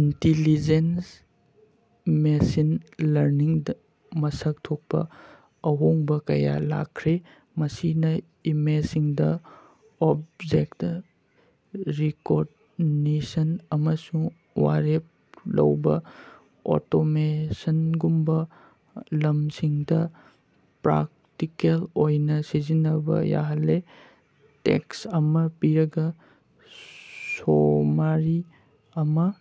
Intelligence machine ꯂꯔꯅꯤꯡꯗ ꯃꯁꯛ ꯊꯣꯛꯄ ꯑꯍꯣꯡꯕ ꯀꯌꯥ ꯂꯥꯛꯈ꯭ꯔꯦ, ꯃꯁꯤꯅ ꯏꯃꯦꯖꯁꯤꯡꯗ ꯑꯣꯕꯖꯦꯛꯇꯥ ꯔꯤꯀꯣꯒꯅꯤꯁꯟ ꯑꯃꯁꯨꯡ ꯋꯥꯔꯦꯞ ꯂꯧꯕ ꯑꯣꯇꯣꯃꯦꯁꯟꯒꯨꯝꯕ ꯂꯝꯁꯤꯡꯗꯥ ꯄ꯭ꯔꯥꯛꯇꯤꯀꯦꯜ ꯑꯣꯏꯅ ꯁꯤꯖꯤꯟꯅꯕ ꯌꯥꯍꯜꯂꯦ꯫ ꯇꯦꯛꯁ ꯑꯃ ꯄꯤꯔꯒ, ꯁꯣꯃꯥꯔꯤ ꯑꯃ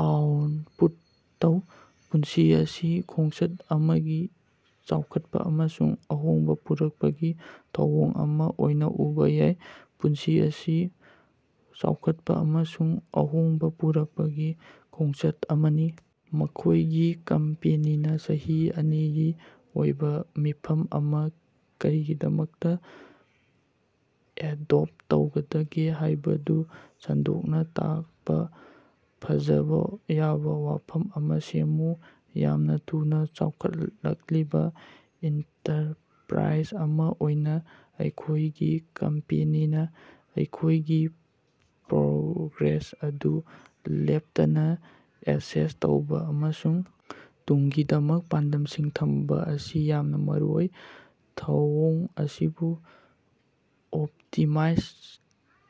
ꯑꯥꯎꯠꯄꯨꯠ ꯇꯧ꯫ ꯄꯨꯟꯁꯤ ꯑꯁꯤ ꯈꯣꯡꯆꯠ ꯑꯃꯗꯤ ꯆꯥꯎꯈꯠꯄ ꯑꯃꯁꯨꯡ ꯑꯍꯣꯡꯕ ꯄꯨꯔꯛꯄꯒꯤ ꯊꯧꯑꯣꯡ ꯑꯃ ꯑꯣꯏꯅ ꯎꯕ ꯌꯥꯏ꯫ ꯄꯨꯟꯁꯤ ꯑꯁꯤ ꯆꯥꯎꯈꯠꯄ ꯑꯃꯁꯨꯡ ꯑꯍꯣꯡꯕ ꯄꯨꯔꯛꯄꯒꯤ ꯈꯣꯡꯆꯠ ꯑꯃꯅꯤ꯫। ꯃꯈꯣꯏꯒꯤ ꯀꯝꯄꯦꯅꯤꯅ ꯆꯍꯤ ꯑꯅꯤꯒꯤ ꯑꯣꯏꯕ ꯃꯤꯐꯝ ꯑꯃ ꯀꯔꯤꯒꯤꯗꯃꯛꯇꯥ ꯑꯦꯗꯣꯞ ꯇꯧꯒꯗꯒꯦ ꯍꯥꯏꯕꯗꯨ ꯁꯟꯗꯣꯛꯅ ꯇꯥꯛꯄ ꯐꯖꯕꯥꯥ ꯌꯥꯕ ꯋꯐꯝ ꯑꯃ ꯁꯦꯝꯃꯨ꯫ ꯌꯥꯝꯅ ꯊꯨꯅ ꯆꯥꯎꯈꯠꯂꯛꯂꯤꯕ ꯏꯟꯇꯔꯄ꯭ꯔꯥꯏꯖ ꯑꯃ ꯑꯣꯏꯅ ꯑꯩꯈꯣꯏꯒꯤ ꯀꯝꯄꯦꯅꯤꯅ ꯑꯩꯈꯣꯏꯒꯤ ꯄ꯭ꯔꯣꯒ꯭ꯔꯦꯁ ꯑꯗꯨ ꯂꯦꯞꯇꯥꯅ ꯑꯦꯁꯦꯁ ꯇꯧꯕ ꯑꯃꯁꯨꯡ ꯇꯨꯡꯒꯤꯗꯃꯛ ꯄꯥꯟꯗꯝꯁꯤꯡ ꯊꯝꯕ ꯑꯁꯤ ꯌꯥꯝꯅ ꯃꯔꯨꯑꯣꯏ꯫ ꯊꯧꯑꯣꯡ ꯑꯁꯤꯕꯨ ꯑꯣꯞꯇꯤꯃꯥꯏꯖ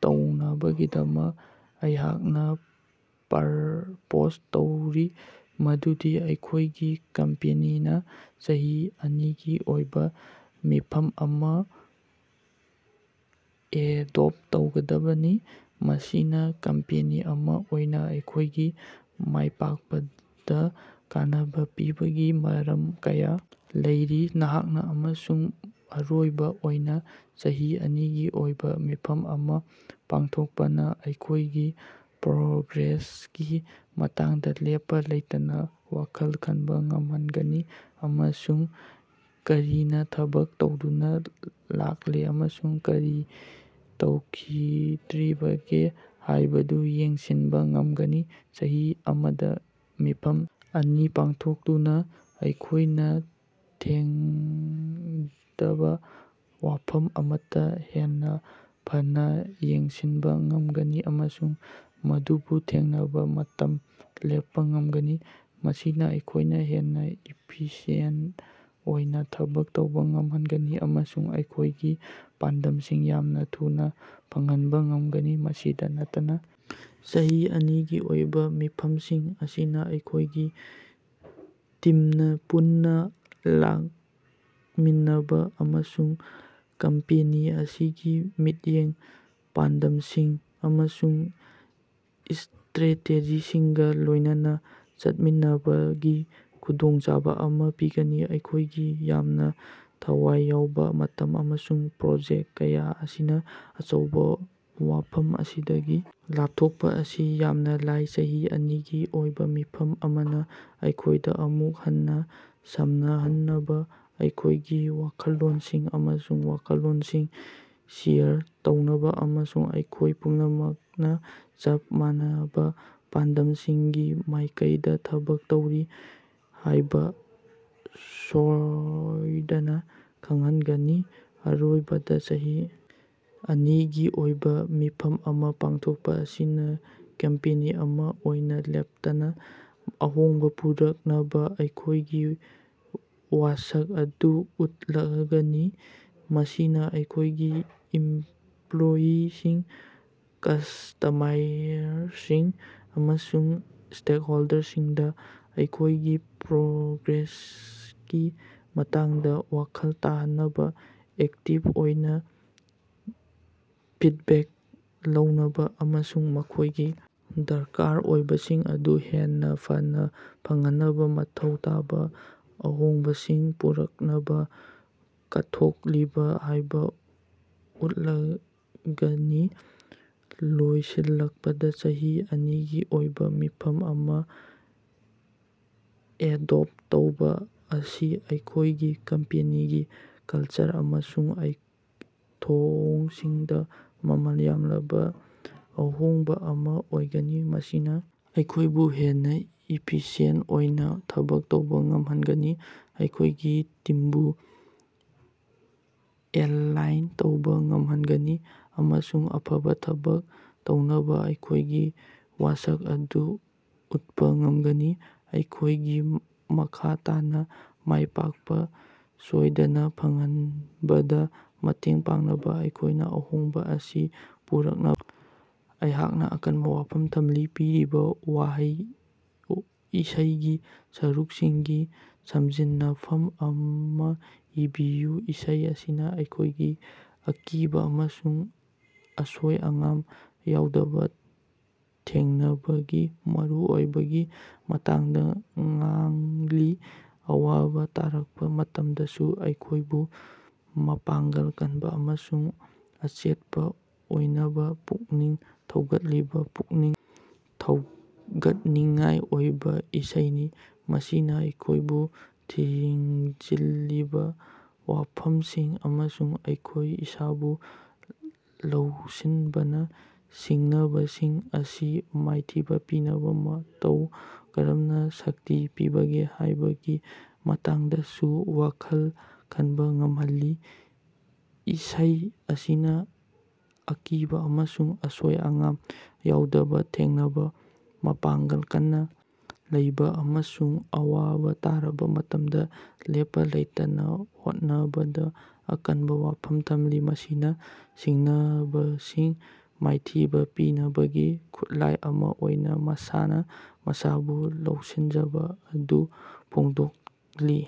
ꯇꯧꯅꯕꯒꯤꯗꯃꯛ ꯑꯩꯍꯥꯛꯅ ꯄ꯭ꯔꯄꯣꯖ ꯇꯧꯔꯤ ꯃꯗꯨꯗꯤ ꯑꯩꯈꯣꯏꯒꯤ ꯀꯝꯄꯦꯅꯤꯅ ꯆꯍꯤ ꯑꯅꯤꯒꯤ ꯑꯣꯏꯕ ꯃꯤꯐꯝ ꯑꯃ ꯑꯦꯗꯣꯞ ꯇꯧꯒꯗꯕꯅꯤ꯫ ꯃꯁꯤꯅ ꯀꯝꯄꯦꯅꯤ ꯑꯃ ꯑꯣꯏꯅ ꯑꯩꯈꯣꯏꯒꯤ ꯃꯥꯏꯄꯥꯛꯄꯗꯥ ꯀꯥꯟꯅꯕ ꯄꯤꯕꯒꯤ ꯃꯔꯝ ꯀꯌꯥ ꯂꯩꯔꯤ꯫ ꯅꯍꯥꯛꯅ ꯑꯃꯁꯨꯡ ꯑꯔꯣꯏꯕ ꯑꯣꯏꯅ, ꯆꯍꯤ ꯑꯅꯤꯒꯤ ꯑꯣꯏꯕ ꯃꯤꯐꯝ ꯑꯃ ꯄꯥꯡꯊꯣꯛꯄꯅꯥ ꯑꯩꯈꯣꯏꯒꯤ ꯄ꯭ꯔꯣꯒ꯭ꯔꯦꯁꯀꯤ ꯃꯇꯥꯡꯗ ꯂꯦꯞꯄ ꯂꯩꯇꯅ ꯋꯈꯜ ꯈꯟꯕ ꯉꯝꯍꯟꯒꯅꯤ ꯑꯃꯁꯨꯡ ꯀꯔꯤꯅꯥ ꯊꯕꯛ ꯇꯧꯗꯨꯅ ꯂꯥꯛꯂꯤ ꯑꯃꯁꯨꯡ ꯀꯔꯤ ꯇꯧꯈꯤꯗ꯭ꯔꯤꯕꯒꯦ ꯍꯥꯏꯕꯗꯨ ꯌꯦꯡꯁꯤꯟꯕ ꯉꯝꯒꯅꯤ꯫ ꯆꯍꯤ ꯑꯃꯗ ꯃꯤꯐꯝ ꯑꯅꯤ ꯄꯥꯡꯊꯣꯛꯇꯨꯅ ꯑꯩꯈꯣꯏꯅ ꯊꯦꯡꯉꯗꯕ ꯋꯐꯝ ꯑꯃꯠꯇꯥ ꯍꯦꯟꯅ ꯐꯅꯥ ꯌꯦꯡꯁꯤꯟꯕ ꯉꯝꯒꯅꯤ ꯑꯃꯁꯨꯡ ꯃꯗꯨꯕꯨ ꯊꯦꯡꯅꯕ ꯃꯇꯝ ꯂꯦꯞꯄꯥ ꯉꯝꯒꯅꯤ꯫ ꯃꯁꯤꯅ ꯑꯩꯈꯣꯏꯅ ꯍꯦꯟꯅ ꯏꯐꯤꯁꯤꯌꯦꯟꯇ ꯑꯣꯏꯅ ꯊꯕꯛ ꯇꯧꯕ ꯉꯝꯍꯟꯒꯅꯤ ꯑꯃꯁꯨꯡ ꯑꯩꯈꯣꯏꯒꯤ ꯄꯥꯟꯗꯝꯁꯤꯡ ꯌꯥꯝꯅ ꯊꯨꯅ ꯐꯪꯍꯟꯕ ꯉꯝꯒꯅꯤ꯫ ꯃꯁꯤꯗ ꯅꯠꯇꯅꯥ ꯆꯍꯤ ꯑꯅꯤꯒꯤ ꯑꯣꯏꯕ ꯃꯤꯐꯝꯁꯤꯡ ꯑꯁꯤꯅ ꯑꯩꯈꯣꯏꯒꯤ ꯇꯤꯝꯅ ꯄꯨꯟꯅ ꯂꯥꯛꯃꯤꯟꯅꯕ ꯑꯃꯁꯨꯡ ꯀꯝꯄꯦꯅꯤ ꯑꯁꯤꯒꯤ ꯃꯤꯠꯌꯦꯡ, ꯄꯥꯟꯗꯝꯁꯤꯡ ꯑꯃꯁꯨꯡ ꯏꯁꯇ꯭ꯔꯦꯇꯦꯖꯤꯁꯤꯡꯒꯥ ꯂꯣꯏꯅꯥꯅ ꯆꯠꯃꯤꯟꯅꯕꯒꯤ ꯈꯨꯗꯣꯡꯆꯥꯕ ꯑꯃ ꯄꯤꯒꯅꯤ꯫ ꯑꯩꯈꯣꯏꯒꯤ ꯌꯥꯝꯅ ꯊꯋꯥꯏ ꯌꯥꯎꯕ ꯃꯇꯝ ꯑꯃꯁꯨꯡ ꯄ꯭ꯔꯣꯖꯦꯛ ꯀꯌꯥ ꯑꯁꯤꯅ ꯑꯆꯧꯕ ꯋꯥꯐꯝ ꯑꯁꯤꯗꯒꯤ ꯂꯥꯞꯊꯣꯛꯄ ꯑꯁꯤ ꯌꯥꯝꯅ ꯂꯥꯏ꯫ ꯆꯍꯤ ꯑꯅꯤꯒꯤ ꯑꯣꯏꯕ ꯃꯤꯐꯝ ꯑꯃꯅ ꯑꯩꯈꯣꯏꯗ ꯑꯃꯨꯛ ꯍꯟꯅꯥ ꯁꯝꯅꯍꯟꯅꯕ, ꯑꯩꯈꯣꯏꯒꯤ ꯋꯥꯈꯜꯂꯣꯟꯁꯤꯡ ꯑꯃꯁꯨꯡ ꯋꯥꯈꯜꯂꯣꯟꯁꯤꯡ ꯁꯤꯌꯔ ꯇꯧꯅꯕ, ꯑꯃꯁꯨꯡ ꯑꯩꯈꯣꯏ ꯄꯨꯝꯅꯃꯛꯅ ꯆꯞ ꯃꯥꯟꯅꯕ ꯄꯥꯟꯗꯝꯁꯤꯡꯒꯤ ꯃꯥꯏꯀꯩꯗ ꯊꯕꯛ ꯇꯧꯔꯤ ꯍꯥꯏꯕ ꯁꯣꯏꯗꯅ ꯈꯪꯍꯟꯒꯅꯤ꯫ ꯑꯔꯣꯏꯕꯗ, ꯆꯍꯤ ꯑꯅꯤꯒꯤ ꯑꯣꯏꯕ ꯃꯤꯐꯝ ꯑꯃ ꯄꯥꯡꯊꯣꯛꯄꯥ ꯑꯁꯤꯅ ꯀꯝꯄꯦꯅꯤ ꯑꯃ ꯑꯣꯏꯅ ꯂꯦꯞꯇꯅꯥ ꯑꯍꯣꯡꯕ ꯄꯨꯔꯛꯅꯕ ꯑꯩꯈꯣꯏꯒꯤ ꯋꯥꯁꯛ ꯑꯗꯨ ꯎꯠꯂꯒꯅꯤ꯫ ꯃꯁꯤꯅ ꯑꯩꯈꯣꯏꯒꯤ ꯏꯃꯞꯂꯣꯌꯤꯁꯤꯡ, ꯀꯁꯇꯥꯃꯔꯁꯤꯡ, ꯑꯃꯁꯨꯡ ꯁ꯭ꯇꯦꯛꯍꯣꯜꯗꯔꯁꯤꯡꯗ ꯑꯩꯈꯣꯏꯒꯤ ꯄ꯭ꯔꯣꯒ꯭ꯔꯦꯁꯀꯤ ꯃꯇꯥꯡꯗ ꯋꯥꯈꯜ ꯇꯥꯍꯟꯅꯕ, ꯑꯦꯛꯇꯤꯚ ꯑꯣꯏꯅ ꯐꯤꯗꯕꯦꯛ ꯂꯧꯅꯕ, ꯑꯃꯁꯨꯡ ꯃꯈꯣꯏꯒꯤ ꯗꯔꯀꯥꯔ ꯑꯣꯏꯕꯁꯤꯡ ꯑꯗꯨ ꯍꯦꯟꯅ ꯐꯅꯥ ꯐꯪꯍꯟꯅꯕ ꯃꯊꯧ ꯇꯥꯕ ꯑꯍꯣꯡꯕꯁꯤꯡ ꯄꯨꯔꯛꯅꯕꯥ ꯀꯠꯊꯣꯛꯂꯤ ꯍꯥꯏꯕ ꯎꯠꯂꯒꯅꯤ꯫ ꯂꯣꯏꯁꯤꯜꯂꯛꯄꯗ, ꯆꯍꯤ ꯑꯅꯤꯒꯤ ꯑꯣꯏꯕ ꯃꯤꯐꯝ ꯑꯃ ꯑꯦꯗꯣꯞ ꯇꯧꯕ ꯑꯁꯤ ꯑꯩꯈꯣꯏꯒꯤ ꯀꯝꯄꯦꯅꯤꯒꯤ ꯀꯜꯆꯔ ꯑꯃꯁꯨꯡ ꯊꯧꯑꯣꯡꯁꯤꯡꯗ ꯃꯃꯜ ꯌꯥꯝꯂꯕ ꯑꯍꯦꯟꯕ ꯑꯃ ꯑꯣꯏꯒꯅꯤ꯫ ꯃꯁꯤꯅ ꯑꯩꯈꯣꯏꯕꯨ ꯍꯦꯟꯅ ꯏꯐꯤꯁꯤꯌꯦꯟꯇ ꯑꯣꯏꯅ ꯊꯕꯛ ꯇꯧꯕ ꯉꯝꯍꯟꯒꯅꯤ, ꯑꯩꯈꯣꯏꯒꯤ ꯇꯤꯝꯕꯨ ꯑꯦꯂꯥꯏꯟ ꯇꯧꯕ ꯉꯝꯍꯟꯒꯅꯤ ꯑꯃꯁꯨꯡ ꯑꯐꯕ ꯊꯕꯛ ꯇꯧꯅꯕ ꯑꯩꯈꯣꯏꯒꯤ ꯋꯥꯁꯛ ꯑꯗꯨ ꯎꯠꯄꯥ ꯉꯝꯒꯅꯤ꯫ ꯑꯩꯈꯣꯏꯒꯤ ꯃꯈꯥ ꯇꯥꯅ ꯃꯥꯏꯄꯥꯛꯄ ꯁꯣꯏꯗꯅ ꯐꯪꯍꯟꯕꯗ ꯃꯇꯦꯡ ꯄꯥꯡꯅꯕ ꯑꯩꯈꯣꯏꯅ ꯑꯍꯣꯡꯕ ꯑꯁꯤ ꯄꯨꯔꯛꯅꯕ ꯑꯩꯍꯥꯛꯅ ꯑꯀꯟꯕ ꯋꯥꯐꯝ ꯊꯝꯂꯤ꯫ ꯄꯤꯔꯤꯕ ꯏꯁꯩꯒꯤ ꯁꯔꯨꯛꯁꯤꯡꯒꯤ ꯁꯝꯖꯤꯟꯅꯐꯝ ꯑꯃ ꯏꯕꯤꯌꯨ꯫ ꯏꯁꯩ ꯑꯁꯤꯅ ꯑꯩꯈꯣꯏꯒꯤ ꯑꯀꯤꯕ ꯑꯃꯁꯨꯡ ꯑꯁꯣꯏ-ꯑꯉꯥꯝ ꯌꯥꯎꯗꯕꯥ ꯊꯦꯡꯅꯕꯒꯤ ꯃꯔꯨꯑꯣꯏꯕꯒꯤ ꯃꯇꯥꯡꯗ ꯉꯥꯡꯂꯤ꯫ ꯑꯋꯥꯕ ꯇꯥꯔꯛꯄ ꯃꯇꯝꯗꯁꯨ ꯑꯩꯈꯣꯏꯕꯨ ꯃꯄꯥꯡꯒꯜ ꯀꯟꯕ ꯑꯃꯁꯨꯡ ꯑꯆꯦꯠꯄꯥ ꯑꯣꯏꯅꯕ ꯄꯨꯛꯅꯤꯡ ꯊꯧꯒꯠꯂꯤꯕ ꯄꯨꯛꯅꯤꯡ ꯊꯧꯒꯠꯅꯤꯡꯉꯥꯏ ꯑꯣꯏꯕ ꯏꯁꯩꯅꯤ꯫ ꯃꯁꯤꯅꯥ ꯑꯩꯈꯣꯌꯕꯨ ꯊꯤꯡꯖꯤꯜꯂꯤꯕꯥ ꯋꯥꯐꯃꯁꯤꯡ ꯑꯃꯁꯨꯡ ꯑꯩꯈꯣꯏ ꯏꯁꯥꯕꯨ ꯂꯧꯁꯤꯟꯕꯅ ꯁꯤꯡꯅꯕꯁꯤꯡ ꯑꯁꯤ ꯃꯥꯏꯊꯤꯕ ꯄꯤꯅꯕ ꯃꯇꯧ ꯀꯔꯝꯅ ꯁꯛꯇꯤ ꯄꯤꯕꯒꯦ ꯍꯥꯏꯕꯒꯤ ꯃꯇꯥꯡꯗꯁꯨ ꯋꯥꯈꯜ ꯈꯟꯕ ꯉꯝꯍꯜꯂꯤ꯫ ꯏꯁꯩ ꯑꯁꯤꯅ ꯑꯀꯤꯕ ꯑꯃꯁꯨꯡ ꯑꯁꯣꯏ-ꯑꯉꯥꯝ ꯌꯥꯎꯗꯕ ꯊꯦꯡꯅꯕ, ꯃꯄꯥꯡꯒꯜ ꯀꯟꯅ ꯂꯩꯕ ꯑꯃꯁꯨꯡ ꯑꯋꯥꯕ ꯇꯥꯔꯕ ꯃꯇꯝꯗ ꯂꯦꯞꯄ ꯂꯩꯇꯅ ꯍꯣꯠꯅꯕꯗ ꯑꯀꯟꯕ ꯋꯥꯐꯝ ꯊꯝꯂꯤ꯫ ꯃꯁꯤꯅ ꯁꯤꯡꯅꯕꯁꯤꯡ ꯃꯥꯏꯊꯤꯕ ꯄꯤꯅꯕꯒꯤ ꯈꯨꯠꯂꯥꯏ ꯑꯃ ꯑꯣꯏꯅ ꯃꯁꯥꯅ ꯃꯁꯥꯕꯨ ꯂꯧꯁꯤꯟꯖꯕ ꯑꯗꯨ ꯐꯣꯡꯗꯣꯛꯂꯤ꯫